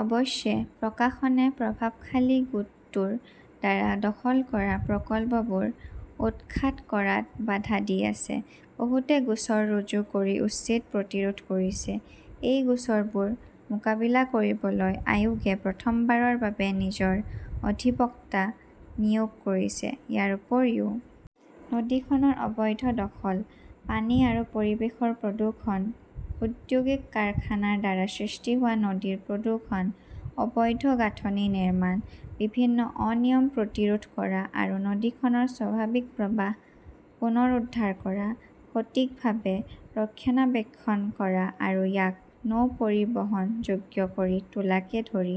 অৱশ্যে, প্ৰশাসনে প্ৰভাৱশালী গোটটোৰ দ্বাৰা দখল কৰা প্ৰকল্পবোৰ উৎখাত কৰাত বাধা দি আছে। বহুতে গোচৰ ৰুজু কৰি উচ্ছেদ প্ৰতিৰোধ কৰিছে। এই গোচৰবোৰ মোকাবিলা কৰিবলৈ আয়োগে প্ৰথমবাৰৰ বাবে নিজৰ অধিবক্তা নিয়োগ কৰিছে। ইয়াৰ উপৰিও, নদীখনৰ অবৈধ দখল, পানী আৰু পৰিৱেশৰ প্ৰদূষণ, ঔদ্যোগিক কাৰখানাৰ দ্বাৰা সৃষ্টি হোৱা নদীৰ প্ৰদূষণ, অবৈধ গাঁথনি নিৰ্মাণ, বিভিন্ন অনিয়ম প্ৰতিৰোধ কৰা আৰু নদীখনৰ স্বাভাৱিক প্ৰবাহ পুনৰুদ্ধাৰ কৰা, সঠিকভাৱে ৰক্ষণাবেক্ষণ কৰা আৰু ইয়াক নৌ-পৰিবহণযোগ্য কৰি তোলাকে ধৰি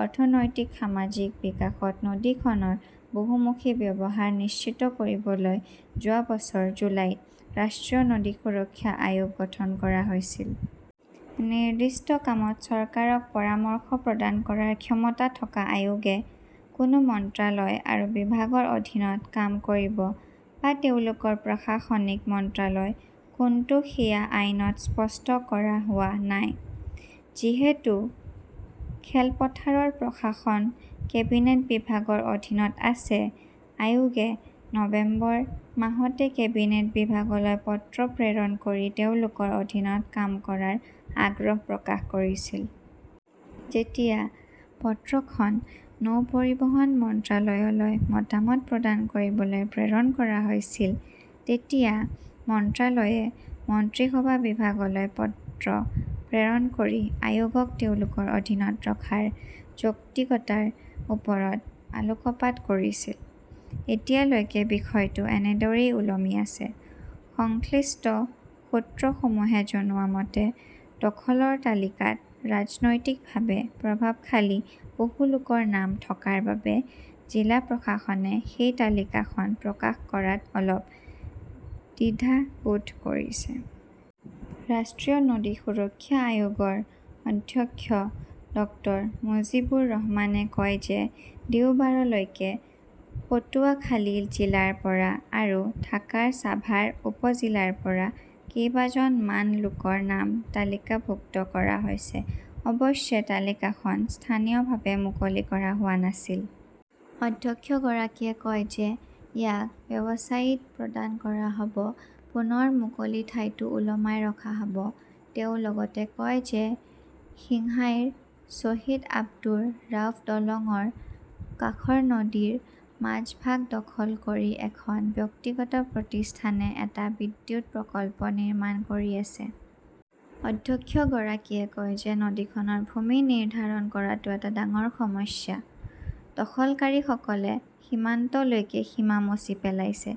অৰ্থনৈতিক-সামাজিক বিকাশত নদীখনৰ বহুমুখী ব্যৱহাৰ নিশ্চিত কৰিবলৈ যোৱা বছৰ জুলাইত ৰাষ্ট্ৰীয় নদী সুৰক্ষা আয়োগ গঠন কৰা হৈছিল। নিৰ্দিষ্ট কামত চৰকাৰক পৰামৰ্শ প্ৰদান কৰাৰ ক্ষমতা থকা আয়োগে কোনো মন্ত্ৰালয় আৰু বিভাগৰ অধীনত কাম কৰিব বা তেওঁলোকৰ প্ৰশাসনিক মন্ত্ৰালয় কোনটো সেয়া আইনত স্পষ্ট কৰা হোৱা নাই। যিহেতু খেলপথাৰৰ প্ৰশাসন কেবিনেট বিভাগৰ অধীনত আছে, আয়োগে নৱেম্বৰ, মাহতে কেবিনেট বিভাগলৈ পত্ৰ প্ৰেৰণ কৰি তেওঁলোকৰ অধীনত কাম কৰাৰ আগ্ৰহ প্ৰকাশ কৰিছিল। যেতিয়া পত্ৰখন নৌ পৰিবহণ মন্ত্ৰালয়লৈ মতামত প্ৰদান কৰিবলৈ প্ৰেৰণ কৰা হৈছিল, তেতিয়া মন্ত্ৰালয়ে মন্ত্ৰীসভা বিভাগলৈ পত্ৰ প্ৰেৰণ কৰি আয়োগক তেওঁলোকৰ অধীনত ৰখাৰ যৌক্তিকতাৰ ওপৰত আলোকপাত কৰিছিল। এতিয়ালৈকে বিষয়টো এনেদৰেই ওলমি আছে। সংশ্লিষ্ট সূত্ৰসমূহে জনোৱা মতে, দখলৰ তালিকাত ৰাজনৈতিকভাৱে প্ৰভাৱশালী বহু লোকৰ নাম থকাৰ বাবে জিলা প্ৰশাসনে সেই তালিকাখন প্ৰকাশ কৰাত অলপ দ্বিধাবোধ কৰিছে। ৰাষ্ট্ৰীয় নদী সুৰক্ষা আয়োগৰ অধ্যক্ষ ডাঃ মুজিবুৰ ৰহমানে কয় যে দেওবাৰলৈকে পটুৱাখালি জিলাৰ পৰা আৰু ঢাকাৰ ছাভাৰ উপ-জিলাৰ পৰা কেইবা জন মান লোকৰ নাম তালিকাভুক্ত কৰা হৈছে। অৱশ্যে, তালিকাখন স্থানীয়ভাৱে মুকলি কৰা হোৱা নাছিল। অধ্যক্ষগৰাকীয়ে কয় যে ইয়াক ৱেবছাইটত প্ৰদান কৰা হব। পুনৰ মুকলি ঠাইতো ওলমাই ৰখা হব। তেওঁ লগতে কয় যে সিংহাইৰ শ্বহীদ আব্দুৰ ৰাউফ দলংৰ কাষৰ নদীৰ মাজভাগ দখল কৰি এখন ব্যক্তিগত প্ৰতিষ্ঠানে এটা বিদ্যুৎ প্ৰকল্প নিৰ্মাণ কৰি আছে। অধ্যক্ষগৰাকীয়ে কয় যে নদীখনৰ ভূমি নিৰ্ধাৰণ কৰাটো এটা ডাঙৰ সমস্যা। দখলকাৰীসকলে সীমান্তলৈকে সীমা মচি পেলাইছিল।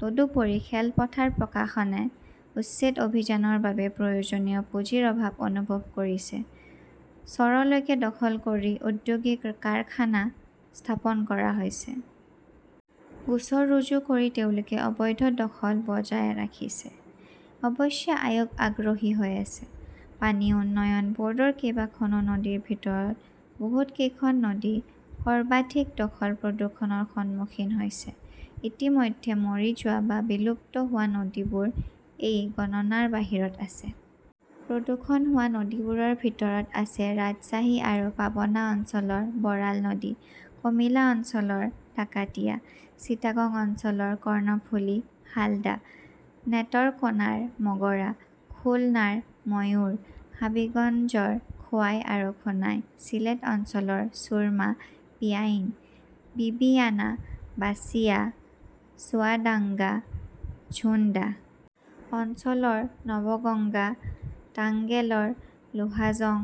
তদুপৰি, খেলপথাৰ প্ৰশাসনে উচ্ছেদ অভিযানৰ বাবে প্ৰয়োজনীয় পুঁজিৰ অভাৱ অনুভৱ কৰিছে। চৰলৈকে দখল কৰি ঔদ্যোগিক কাৰখানা স্থাপন কৰা হৈছে। গোচৰ ৰুজু কৰি তেওঁলোকে অবৈধ দখল বজাই ৰাখিছে। অৱশ্যে আয়োগ আগ্ৰহী হৈ আছে। পানী উন্নয়ন বৰ্ডৰ কেইবা খনো নদীৰ ভিতৰত বহুত কেইখন নদী সৰ্বাধিক দখল-প্ৰদূষণৰ সন্মুখীন হৈছে। ইতিমধ্যে মৰি যোৱা বা বিলুপ্ত হোৱা নদীবোৰ এই গণনাৰ বাহিৰত আছে। প্ৰদূষণ হোৱা নদীবোৰৰ ভিতৰত আছে ৰাজশ্বাহী আৰু পাবনা অঞ্চলৰ বৰাল নদী; কমিলা অঞ্চলৰ ডাকাতিয়া; চিটাগং অঞ্চলৰ কৰ্ণফুলি, হালদা; নেটৰকোনাৰ মগৰা; খুলনাৰ ময়ূৰ; হাবিগঞ্জৰ খোৱাই আৰু সোনাই; চিলেট অঞ্চলৰ ছুৰমা, পিয়াইন, বিবিয়ানা, বাচিয়া; চুৱাদাঙ্গা-ঝেনদাহ অঞ্চলৰ নৱাগঙ্গা; টাংগেলৰ লোহাজং,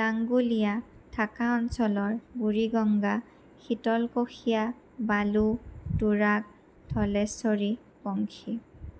লাংগুলিয়া; ঢাকা অঞ্চলৰ বুৰিগঙ্গা, শীতলকশিয়া, বালু, তুৰাগ, ধলেশ্বৰী, বংশী